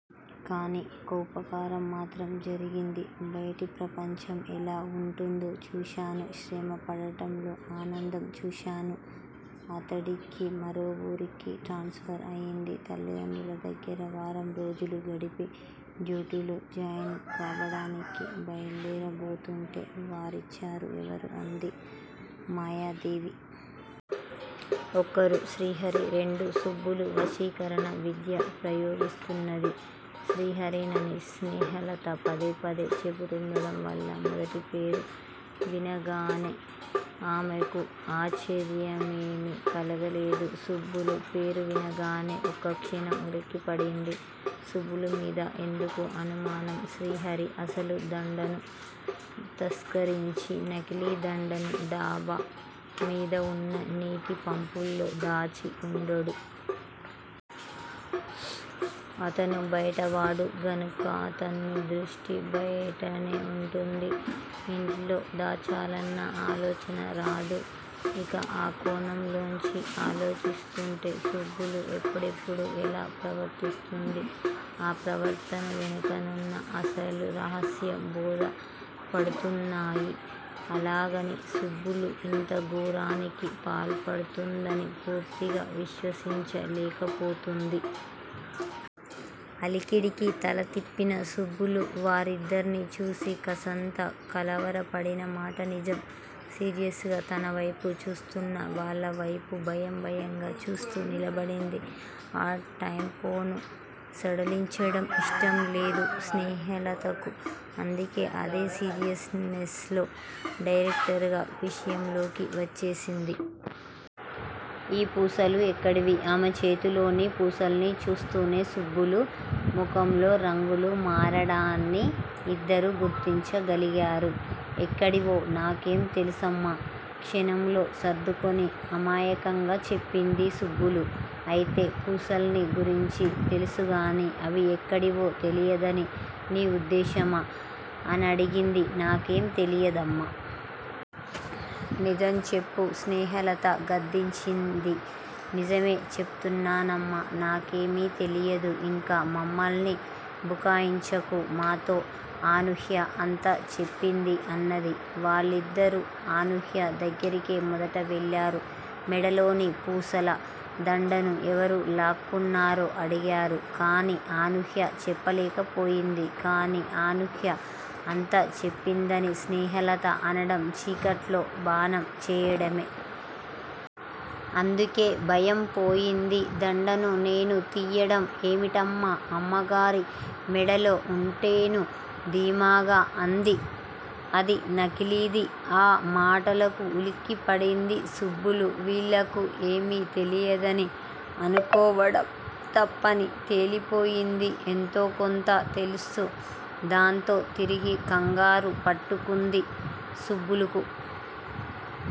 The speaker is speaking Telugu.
కాని, ఒక్క ఉపకారం మాత్రం జరిగింది. బయటి ప్రపంచం ఎలా వుంటుందో చూశాను. శ్రమ పడడంలో ఆనందం చూశాను. అతడికి మరో వూరికి ట్రాన్స ఫర్ అయింది. తల్లిదండ్రుల దగ్గర వారం రోజులు గడిపి, డ్యూటీలో జాయిన్ కావడానికి బయల్దేరబోతుంటే వారించారు. ఎవరు? అంది మాయాదేవి. ఒకరు శ్రీహరి, రెండు సుబ్బులు వశీకరణ విద్య ప్రయోగిస్తున్నది శ్రీహరేనని స్నేహలత పదే పదే చెబుతుండడం వల్ల మొదటిపేరు వినగానే ఆమెకు ఆశ్చర్యమేమీ కలగలేదు. సుబ్బులు పేరు వినగానే ఒక్కక్షణం ఉలిక్కి పడింది. సుబ్బులు మీద ఎందుకు అనుమానం? శ్రీహరి అసలు దండను తస్కరించి నకిలీ దండను డాబా మీద వున్న నీటి పంపులో దాచి వుండడు. అతను బయట వాడు గనుక అతని దృష్టి బయటనే వుంటుంది. ఇంట్లో దాచాలన్న ఆలోచన రాదు. ఇక ఆ కోణంలోంచి ఆలోచిస్తుంటే సుబ్బులు ఎప్పుడెప్పుడు ఎలా ప్రవర్తిస్తుందీ, ఆ ప్రవర్తన వెనకనున్న అసలు రహస్యం బోధపడుతున్నాయి. అలాగని సుబ్బులు ఇంత ఘోరానికి పాల్పడుతుందని పూర్తిగా విశ్వసించ లేకపోతోంది. అలికిడికి తల తిప్పిన సుబ్బులు వాళ్ళిద్దర్నీ చూసి కాస్తంత కలవరపడిన మాట నిజం. సీరియస్ గా తన వైపు చూస్తున్న వాళ్ళ వైపు భయం- భయంగా చూస్తూ నిలబడింది. ఆ టెంపోను సడలించడం ఇష్టం లేదు స్నేహలతకు. అందుకే అదే సీరియస్ నెస్ లో డైరెక్టుగా విషయంలోకి వచ్చేసింది. ఈ పూసలు ఎక్కడివి? ఆమె చేతిలోని పూసల్ని చూస్తూనే సుబ్బులు ముఖంలో రంగులు మారడాన్ని ఇద్దరూ గుర్తించగలిగారు. ఎక్కడివో నాకేం తెలుసమ్మా? క్షణంలో సర్దుకుని అమాయకంగా చెప్పింది సుబ్బులు. అయితే పూసల్ని గురించి తెలుసుగానీ, అవి ఎక్కడివో తెలియదని నీ ఉద్దేశ్యమా? అనడిగింది. నాకేం తెలియదమ్మా! నిజం చెప్పు స్నేహలత గద్దించింది. నిజమే చెబుతున్నానమ్మా- నాకేమీ తెలియదు ఇంకా మమ్మల్ని బుకాయించకు మాతో అనూహ్య అంతా చెప్పింది అన్నది. వాళ్ళిద్దరూ అనూహ్య దగ్గరకే మొదట వెళ్ళారు. మెడలోని పూసల దండను ఎవరు లాక్కున్నారో అడిగారు. కానీ అనూహ్య చెప్పలేక పోయింది. కానీ అనూహ్య అంతా చెప్పిందని స్నేహలత అనడం చీకట్లో బాణం వేయడమే. అందుకే భయం పోయింది. దండను నేను తీయడం ఏమిటమ్మా- అమ్మగారి మెడలో ఉంటేనూ ధీమాగా అంది. అది నకిలీది ఆ మాటలకు ఉలిక్కి పడింది సుబ్బులు. వీళ్ళకు ఏమీ తెలియదని అనుకోవడం తప్పని తేలిపోయింది. ఎంతో కొంత తెల్సు. దాంతో తిరిగి కంగారు పట్టుకుంది సుబ్బులుకు.